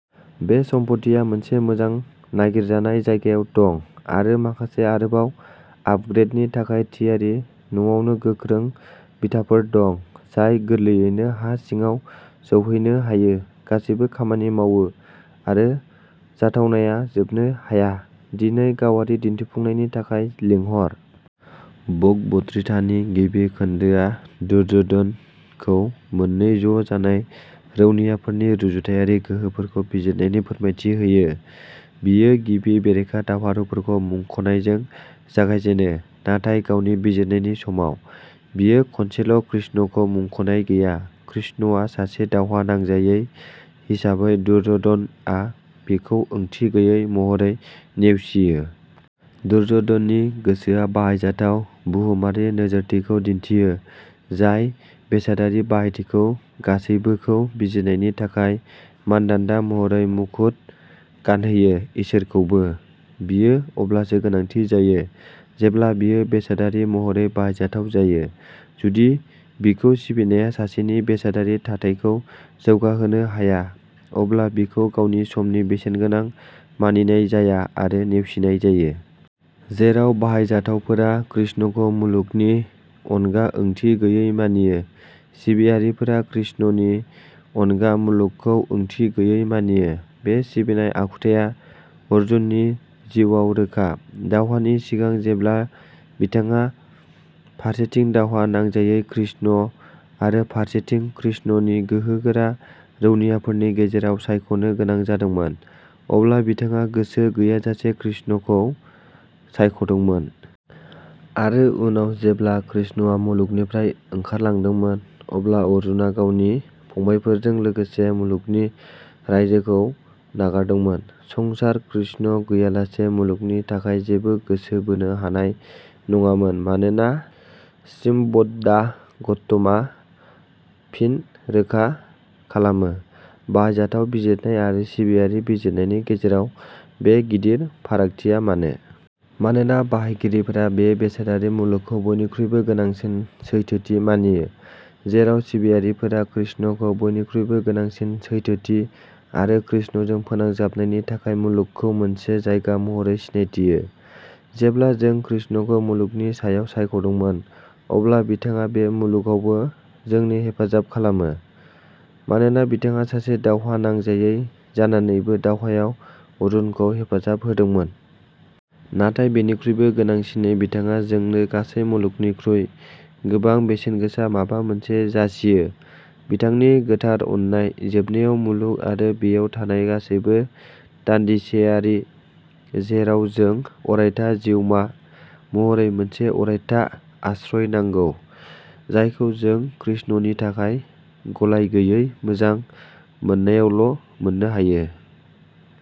बे सम्फथिया मोनसे मोजां नागिरजानाय जायगायाव दं आरो माखासे आरोबाव आपग्रेडनि थाखाय थियारि। न'आवनो गोख्रों बिथाफोर दं, जाय गोरलैयैनो हा सिङाव सौहैनो हायो। गासैबो खामानि मावो आरो जाथावनाया जोबनो हाया। दिनै गावारि दिन्थिफुंनायनि थाखाय लिंहर। भगबद्गीतानि गिबि खोन्दोआ दुर्योधनखौ मोन्नै ज'जानाय रौनियाफोरनि रुजुथायारि गोहोफोरखौ बिजिरनायनि फोरमायथि होयो। बियो गिबि बेरेखा दावहारुफोरखौ मुंख'नायजों जागायजेनो, नाथाय गावनि बिजिरनायनि समाव, बियो खनसेल'कृष्णखौ मुंख'नाय गैया। कृष्णआ सासे दावहा नांजायै हिसाबै, दुर्य'धनआ बिखौ ओंथि गैयै महरै नेवसियो। दुर्य'धननि गोसोआ बाहायजाथाव बुहुमारि नोजोरथिखौ दिन्थियो, जाय बेसादारि बाहायथिखौ गासैबोखौ बिजिरनायनि थाखाय मानदान्दा महरै मुकुट गानहोयो-इसोरखौबो। बियो अब्लासो गोनांथि जायो जेब्ला बियो बेसादारि महरै बाहायजाथाव जायो। जुदि बिखौ सिबिनाया सासेनि बेसादारि थाथायखौ जौगाहोनो हाया, अब्ला बिखौ गावनि समनि बेसेनगोनां मानिनाय जाया आरो नेवसिनाय जायो। जेराव बाहायजाथावफोरा कृष्णखौ मुलुगनि अनगा ओंथि गैयै मानियो, सिबियारिफोरा कृष्णनि अनगा मुलुगखौ ओंथि गैयै मानियो। बे सिबिनाय आखुथाया अर्जुननि जिउआव रोखा। दावहानि सिगां, जेब्ला बिथाङा फारसेथिं दावहा नांजायै कृष्ण आरो फारसेथिं कृष्णनि गोहो गोरा रौनियाफोरनि गेजेराव सायख'नो गोनां जादोंमोन, अब्ला बिथाङा गोसो गैयाजासे कृष्णखौ सायख'दोंमोन। आरो उनाव जेब्ला कृष्णआ मुलुगनिफ्राय ओंखारलांदोंमोन, अब्ला अर्जुनआ गावनि फंबायफोरजों लोगोसे मुलुगनि रायजोखौ नागारदोंमोन। संसार, कृष्ण गैयालासे मुलुगनि थाखाय जेबो गोसो बोनो हानाय नङामोन, मानोना श्रीमद्भागवतम आ फिन रोखा खालामो। बाहायजाथाव बिजिरनाय आरो सिबियारि बिजिरनायनि गेजेराव बे गिदिर फारागथिया मानो? मानोना बाहायगिरिफोरा बे बेसादारि मुलुगखौ बयनिख्रुइबो गोनांसिन सैथोथि मानियो, जेराव सिबियारिफोरा कृष्णखौ बयनिख्रुइबो गोनांसिन सैथोथि आरो कृष्णजों फोनांजाबनायनि थाखाय मुलुगखौ मोनसे जायगा महरै सिनायथियो। जेब्ला जों कृष्णखौ मुलुगनि सायाव सायख'दोंमोन, अब्ला बिथाङा बे मुलुगावबो जोंनि हेफाजाब खालामो, मानोना बिथाङा सासे दावहा नांजायै जानानैबो दावहायाव अर्जुनखौ हेफाजाब होदोंमोन। नाथाय बेनिख्रुइबो गोनांसिनै बिथाङा जोंनो गासै मुलुगनिख्रुइ गोबां बेसेनगोसा माबा मोनसे जासियो-बिथांनि गोथार अननाय। जोबनायाव, मुलुग आरो बेयाव थानाय गासैबो दानदिसेयारि, जेराव जों अरायथा जिउमा महरै मोनसे अरायथा आश्रय नांगौ, जायखौ जों कृष्णनि थाखाय गलायगैयै मोजां मोननायावल'मोननो हायो।